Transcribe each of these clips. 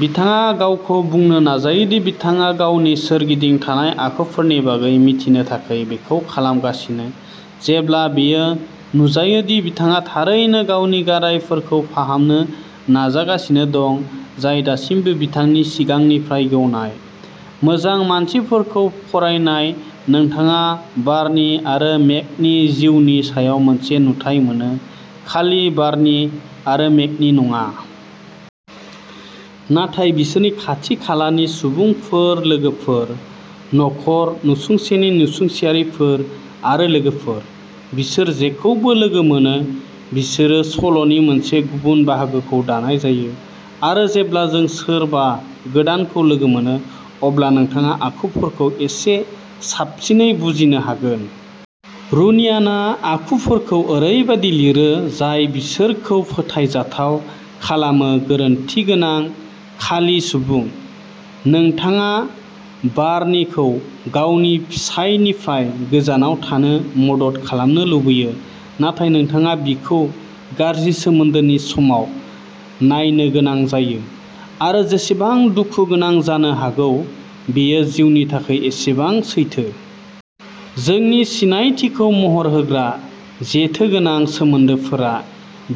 बिथांङा गावखौ बुंनो नाजायो दि बिथांङा गावनि सोरगिदिं थानाय आखुफोरनि बागै मिथिनो थाखाय बेखौ खालामगासिनो, जेब्ला बेयो नुजायो दि बिथांङा थारैनो गावनि गारायफोरखौ फाहामनो नाजागासिनो दं जाय दासिमबो बिथांनि सिगांनिफ्राइ गेवनाय। मोजां मानसिफोरखौ फरायनाय, नोंथांङा बार्नि आरो मेग नि जिउनि सायाव मोनसे नुथाइ मोनो, खालि बार्नि आरो मेग नि नंङा। नाथाय बिसोरनि खाथि-खालानि सुबुंफोर-लोगोफोर, नखर, नसुंसेनि नसुंसेयारिफोर आरो लोगोफोर। बिसोर जेखौबो लोगो मोनो, बिसोरो सल'नि मोनसे गुबुन बाहागोखौ दानाय जायो, आरो जेब्ला जों सोरबा गोदानखौ लोगो मोनो, अब्ला नोंथाङा आखुफोरखौ एसे साबसिनै बुजिनो हागोन। रुनियनआ आखुफोरखौ ओरैबायदि लिरो जाय बिसोरखौ फोथायजाथाव खालामो-गोरोन्थिगोनां खालि सुबुं। नोंथांङा बार्नीखौ गावनि फिसायनिफ्राय गोजानाव थानो मदद खालामनो लुबैयो, नाथाय नोंथांङा बिखौ गाज्रि सोमोन्दोनि समाव नायनो गोनां जायो। आरो जेसेबां दुखु गोनां जानो हागौ, बेयो जिउनि थाखाय एसेबां सैथो। जोंनि सिनायथिखौ महर होग्रा जेथोगोनां सोमोन्दोफोरा,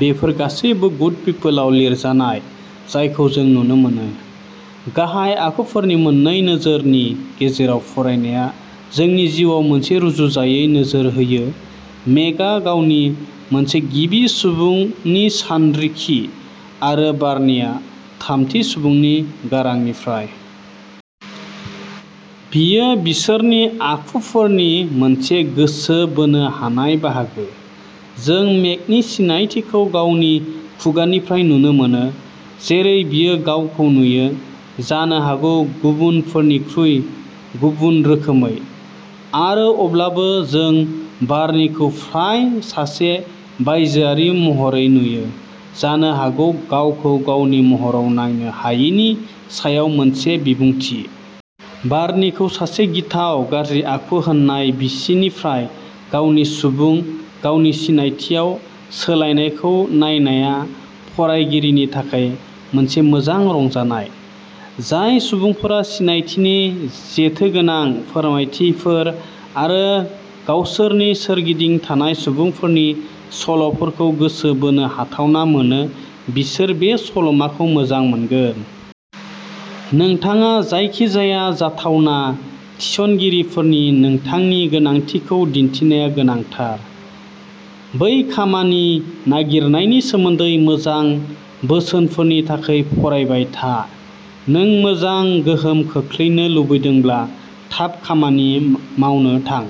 बेफोर गासैबो गुड पिपलआव लिरजानाय, जायखौ जों नुनो मोनो। गाहाय आखुफोरनि मोन्नै नोजोरनि गेजेराव फरायनाया जोंनि जिउआव मोनसे रुजुजायै नोजोर होयो मेगआ गावनि मोनसे गिबि सुबुंनि सानरिखि आरो बार्नीया थामथि सुबुंनि गारांनिफ्राय। बेयो बिसोरनि आखुथायफोरनि मोनसे गोसो बोनो हानाय बाहागो। जों मेगनि सिनायथिखौ गावनि खुगानिफ्राय नुनो मोनो, जेरै बियो गावखौ नुयो, जानो हागौ गुबुनफोरनिख्रुइ गुबुन रोखोमै। आरो अब्लाबो जों बार्नीखौ फ्राय सासे बायजोआरि महरै नुयो, जानो हागौ गावखौ गावनि महराव नायनो हायैनि सायाव मोनसे बिबुंथि। बार्नीखौ सासे गिथाव, गाज्रि आखु होनाय बिसिनिफ्राय गावनि सुबुं, गावनि सिनायथिआव सोलायनायखौ नायनाया फरायगिरिनि थाखाय मोनसे मोजां रंजानाय। जाय सुबुंफोरा सिनायथिनि जेथोगोनां फोरमायथिफोर आरो गावसोरनि सोरगिदिं थानाय सुबुंफोरनि सल'फोरखौ गोसो बोनो हाथावना मोनो, बिसोर बे सल'माखौ मोजां मोनगोन। नोंथांङा जायखिजाया जाथावना थिसनगिरिफोरनो नोंथांनि गोनांथिखौ दिन्थिनाया गोनांथार। बै खामानि नागिरनायनि सोमोन्दै मोजां बोसोनफोरनि थाखाय फरायबाय था। नों मोजां गोहोम खोख्लैनो लुबैदोंब्ला थाब खामानि मावनो थां।